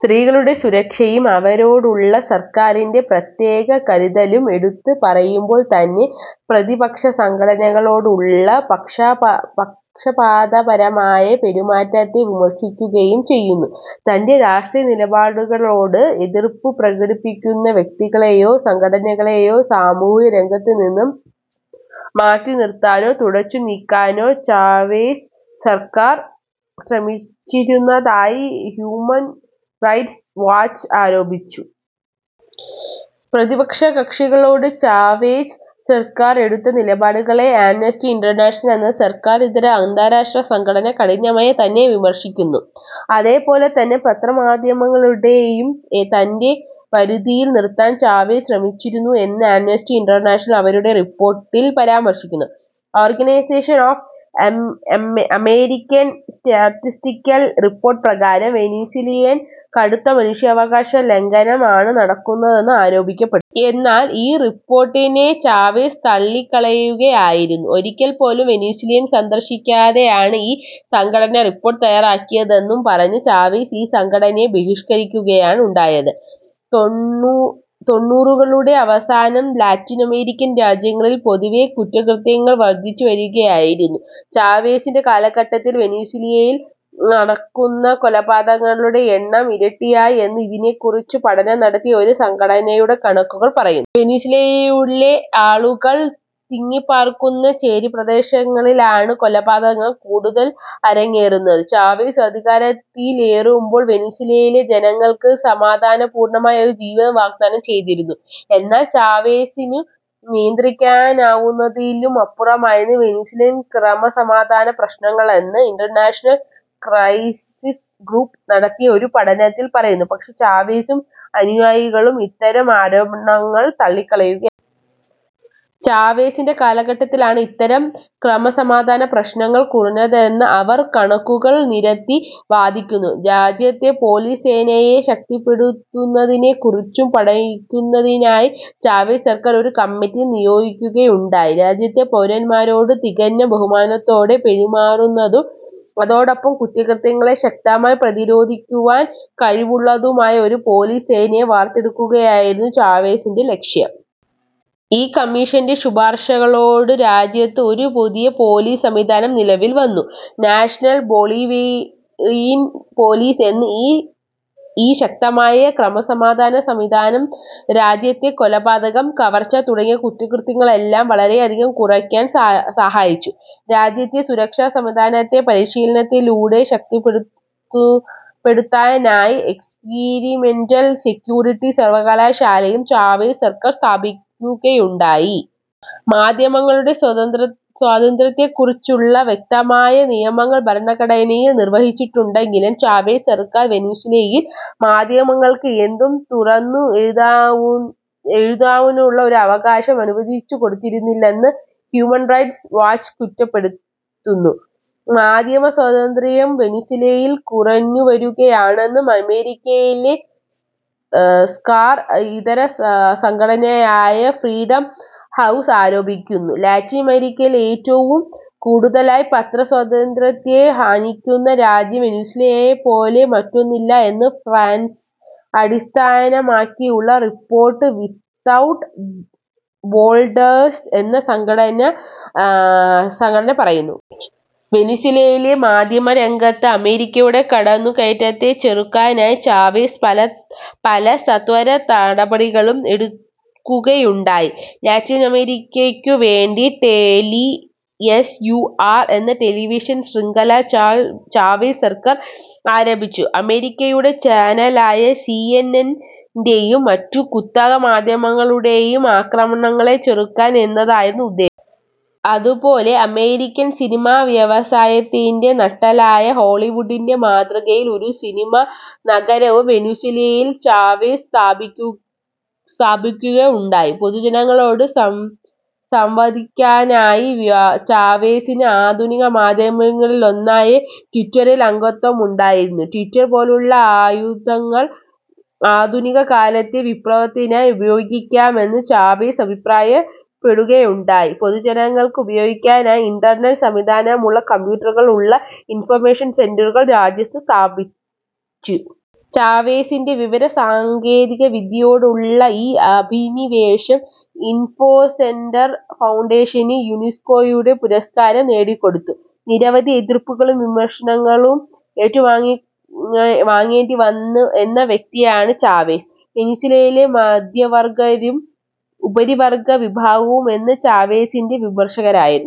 സ്ത്രീകളുടെ സുരക്ഷയും, അവരോടുള്ള സർക്കാരിന്റെ പ്രത്യേക കരുതലും എടുത്തു പറയുമ്പോൾ തന്നെ പ്രതിപക്ഷസംഘടനകളോടുള്ള പക്ഷപാതപരമായ പെരുമാറ്റത്തെ വിമർശിക്കുകയും ചെയ്യുന്നു. തൻ്റെ രാഷ്ട്രീയ നിലപാടുകളോട് എതിർപ്പു പ്രകടിപ്പിക്കുന്ന വ്യക്തികളേയോ സംഘടനകളേയോ സാമൂഹ്യരംഗത്ത് നിന്നും മാറ്റിനിർത്താനോ, തുടച്ചു നീക്കാനോ ചാവേസ് സർക്കാർ ശ്രമിച്ചിരുന്നതായി ഹ്യൂമൻ റൈറ്റ്സ് വാച്ച് ആരോപിക്കുന്നു. പ്രതിപക്ഷകക്ഷികളോട് ചാവേസ് സർക്കാർ എടുത്ത നിലപാടുകളെ ആംനസ്റ്റി ഇൻ്റർനാഷണൽ എന്ന സർക്കാർ ഇതര അന്താരാഷ്ട്ര സംഘടന കഠിനമായി തന്നെ വിമർശിക്കുന്നു. അതേപോലെ തന്നെ പത്രമാധ്യമങ്ങളെയും തൻ്റെ വരുതിക്കു നിർത്താൻ ചാവേസ് ശ്രമിച്ചിരുന്നു എന്നും ആംനസ്റ്റി ഇൻ്റർനാഷണൽ അവരുടെ റിപ്പോർട്ടിൽ പരാമർശിക്കുന്നു. ഓർഗനൈസേഷൻ ഓഫ് അമേരിക്കൻ സ്റ്റേറ്റ്സിൻ്റെ റിപ്പോർട്ട് പ്രകാരം വെനസ്വേലയിൽ കടുത്ത മനുഷ്യാവകാശലംഘനം ആണ് നടക്കുന്നതെന്ന് ആരോപിക്കപ്പെട്ടിരുന്നു. എന്നാൽ ഈ റിപ്പോർട്ടിനെ ചാവേസ് തള്ളിക്കളയുകയായിരുന്നു. ഒരിക്കൽ പോലും വെനസ്വേല സന്ദർശിക്കാതെയാണ് ഈ സംഘടന റിപ്പോർട്ട് തയ്യാറാക്കിയതെന്നും പറഞ്ഞ് ചാവേസ് ഈ സംഘടനയെ ബഹിഷ്കരിക്കുകയുണ്ടായി. തൊണ്ണുറുകളുടെ അവസാനം ലാറ്റിനമേരിക്കൻ രാജ്യങ്ങളിൽ പൊതുവേ കുറ്റകൃത്യങ്ങൾ വർദ്ധിച്ചുവരുകയായിരുന്നു. ചാവേസിൻ്റെ കാലഘട്ടത്തിൽ വെനസ്വേലയിൽ നടക്കുന്ന കൊലപാതകങ്ങളുടെ എണ്ണം ഇരട്ടിയായി എന്ന് ഇതിനെക്കുറിച്ചു പഠനം നടത്തിയ ഒരു സംഘടനയുടെ കണക്കുകൾ പറയുന്നു. വെനസ്വേലയുടെ ആളുകൾ തിങ്ങിപ്പാർക്കുന്ന ചേരിപ്രദേശങ്ങളിലാണ് കൊലപാതകങ്ങൾ കൂടുതൽ അരങ്ങേറിയിരുന്നത്. ചാവേസ് അധികാരത്തിലേറുമ്പോൾ വെനസ്വേലയിലെ ജനങ്ങൾക്ക് സമാധാനപൂർണ്ണമായ ഒരു ജീവിതം വാഗ്ദാനം ചെയ്തിരുന്നു. എന്നാൽ ചാവേസിനു നിയന്ത്രിക്കാനാവുന്നതിലും അപ്പുറമായിരുന്നു വെനസ്വേലയിലെ ക്രമസമാധാനപ്രശ്നങ്ങളെന്ന്, ഇന്റർനാഷണൽ ക്രൈസിസ് ഗ്രൂപ്പ് നടത്തിയ ഒരു പഠനത്തിൽ പറയുന്നു. പക്ഷേ ചാവേസും അനുയായികളും ഇത്തരം ആരോപണങ്ങളെ തള്ളിക്കളയുകയായിരുന്നു. ചാവേസിന്റെ കാലഘട്ടത്തിലാണ് ഇത്തരം ക്രമസമാധാനപ്രശ്നങ്ങൾ കുറഞ്ഞതെന്ന് അവർ കണക്കുകൾ നിരത്തി വാദിക്കുന്നു. രാജ്യത്തെ പോലീസ് സേനയെ ശക്തിപ്പെടുത്തുന്നതിനെക്കുറിച്ചു പഠിക്കുന്നതിനായി ചാവേസ് സർക്കാർ ഒരു കമ്മിറ്റിയെ നിയോഗിക്കുകയുണ്ടായി. രാജ്യത്തെ പൗരന്മാരോട് തികഞ്ഞ ബഹുമാനത്തോടെ പെരുമാറുന്നതും അതോടൊപ്പം കുറ്റകൃത്യങ്ങളെ ശക്തമായി പ്രതിരോധിക്കുവാൻ കഴിവുള്ളതുമായ ഒരു പോലീസ് സേനയെ വാർത്തെടുക്കുകയായിരുന്നു ചാവേസിന്റെ ലക്ഷ്യം. ഈ കമ്മീഷന്റെ ശുപാർശകളോടെ രാജ്യത്ത് ഒരു പുതിയ പോലീസ് സംവിധാനം നിലവിൽ വന്നു. നാഷണൽ ബൊളിവേറിയൻ പോലീസ് എന്ന ഈ ശക്തമായ ക്രമസമാധാന സംവിധാനം രാജ്യത്തെ കൊലപാതകം, കവർച്ച തുടങ്ങിയ കുറ്റകൃത്യങ്ങളെല്ലാം വളരെയധികം കുറക്കാൻ സഹായിച്ചു. രാജ്യത്തെ സുരക്ഷാസംവിധാനത്തെ പരിശീലനത്തിലൂടെ ശക്തിപ്പെടുത്താനായി എക്സിപിരിമെൻ്റൽ സെക്യൂരിറ്റി സർവ്വകലാശാലയും ചാവേസ് സർക്കാർ സ്ഥാപിക്കുകയുണ്ടായി. മാധ്യമങ്ങളുടെ സ്വാതന്ത്ര്യത്തെക്കുറിച്ച് വ്യക്തമായ നിയമങ്ങൾ ഭരണഘടനയിൽ നിർവചിച്ചിട്ടുണ്ടെങ്കിലും, ചാവേസ് സർക്കാർ വെനസ്വേലയിൽ മാധ്യമങ്ങൾക്ക് എന്തും തുറന്നു എഴുതുവാനുള്ള ഒരു അവകാശം അനുവദിച്ചുകൊടുത്തിട്ടില്ലെന്ന് ഹ്യൂമൻ റൈറ്റ്സ് വാച്ച് കുറ്റപ്പെടുത്തുന്നു. മാധ്യമസ്വാതന്ത്ര്യം വെനസ്വേലയിൽ കുറഞ്ഞുവരുകയാണെന്ന് അമേരിക്കയിലെ സര്ക്കാർ ഇതര സംഘടനയായ ഫ്രീഡം ഹൗസ് ആരോപിക്കുന്നു. ലാറ്റിനമേരിക്കയിൽ ഏറ്റവും കൂടുതലായി പത്രസ്വാതന്ത്ര്യത്തെ ഹനിക്കുന്ന രാജ്യം വെനസ്വേലയെപ്പോലെ മറ്റൊന്നില്ല എന്ന് ഫ്രാൻസ് അടിസ്ഥാനമാക്കിയുള്ള റിപ്പോർട്ടേഴ്സ് വിത്തൗട്ട് ബോർഡേഴ്സ് എന്ന സംഘടന പറയുന്നു. വെനസ്വേലയിൽ മാധ്യമരംഗത്ത് അമേരിക്കയുടെ കടന്നുകയറ്റത്തെ ചെറുക്കാനായി ചാവേസ് പല സത്വര നടപടികളും എടുക്കുകയുണ്ടായി. ലാറ്റിനമേരിക്കക്കു വേണ്ടി ടെലി എസ്. യു. ആർ എന്ന ടെലിവിഷൻ ശൃംഖല ചാവേസ് സർക്കാർ ആരംഭിച്ചു. അമേരിക്കയുടെ ചാനലായ സി. എൻ. എൻ ൻ്റെയും മറ്റു കുത്തക മാധ്യമങ്ങളുടേയും ആക്രമണങ്ങളെ ചെറുക്കുക എന്നതായിരുന്നു ഉദ്ദേശ്യം. അതുപോലെ അമേരിക്കൻ സിനിമാ വ്യവസായത്തിന്റെ നട്ടെല്ലായ ഹോളിവുഡിന്റെ മാതൃകയിൽ ഒരു സിനിമാ നഗരവും വെനസ്വേലയിൽ ചാവേസ് സ്ഥാപിക്കുകയുണ്ടായി. പൊതുജനങ്ങളോട് സംവദിക്കാനായി ചാവേസിന് ആധുനിക മാധ്യമങ്ങളിലൊന്നായ ട്വിറ്ററിൽ അംഗത്വമുണ്ടായിരുന്നു. ട്വിറ്റർ പോലുള്ള ആയുധങ്ങൾ ആധുനികകാലത്തെ വിപ്ലവത്തിനായി ഉപയോഗിക്കാം എന്നും ചാവേസ് അഭിപ്രായപ്പെടുകയുണ്ടായി. പൊതുജനങ്ങൾക്ക് ഉപയോഗിക്കാനായി ഇൻ്റർനെറ്റ് സംവിധാനമുള്ള കമ്പ്യൂട്ടറുകൾ ഉള്ള ഇൻഫോസെന്ററുകൾ രാജ്യത്ത് സ്ഥാപിച്ചു. ചാവേസിന്റെ വിവരസാങ്കേതികവിദ്യയോടുള്ള ഈ അഭിനിവേശം ഇൻഫോസെന്റർ ഫൗണ്ടേഷന് യുനെസ്കോയുടെ പുരസ്കാരം നേടിക്കൊടുത്തു. നിരവധി എതിർപ്പുകളും വിമർശനങ്ങളും ഏറ്റുവാങ്ങേണ്ടി വന്ന വ്യക്തിയാണ് ചാവെസ്. വെനസ്വേലയിലെ മധ്യവർഗ്ഗവും ഉപരിവർഗ്ഗ വിഭാഗങ്ങളും എന്നും ചാവെസിന്റെ വിമർശകരായിരുന്നു.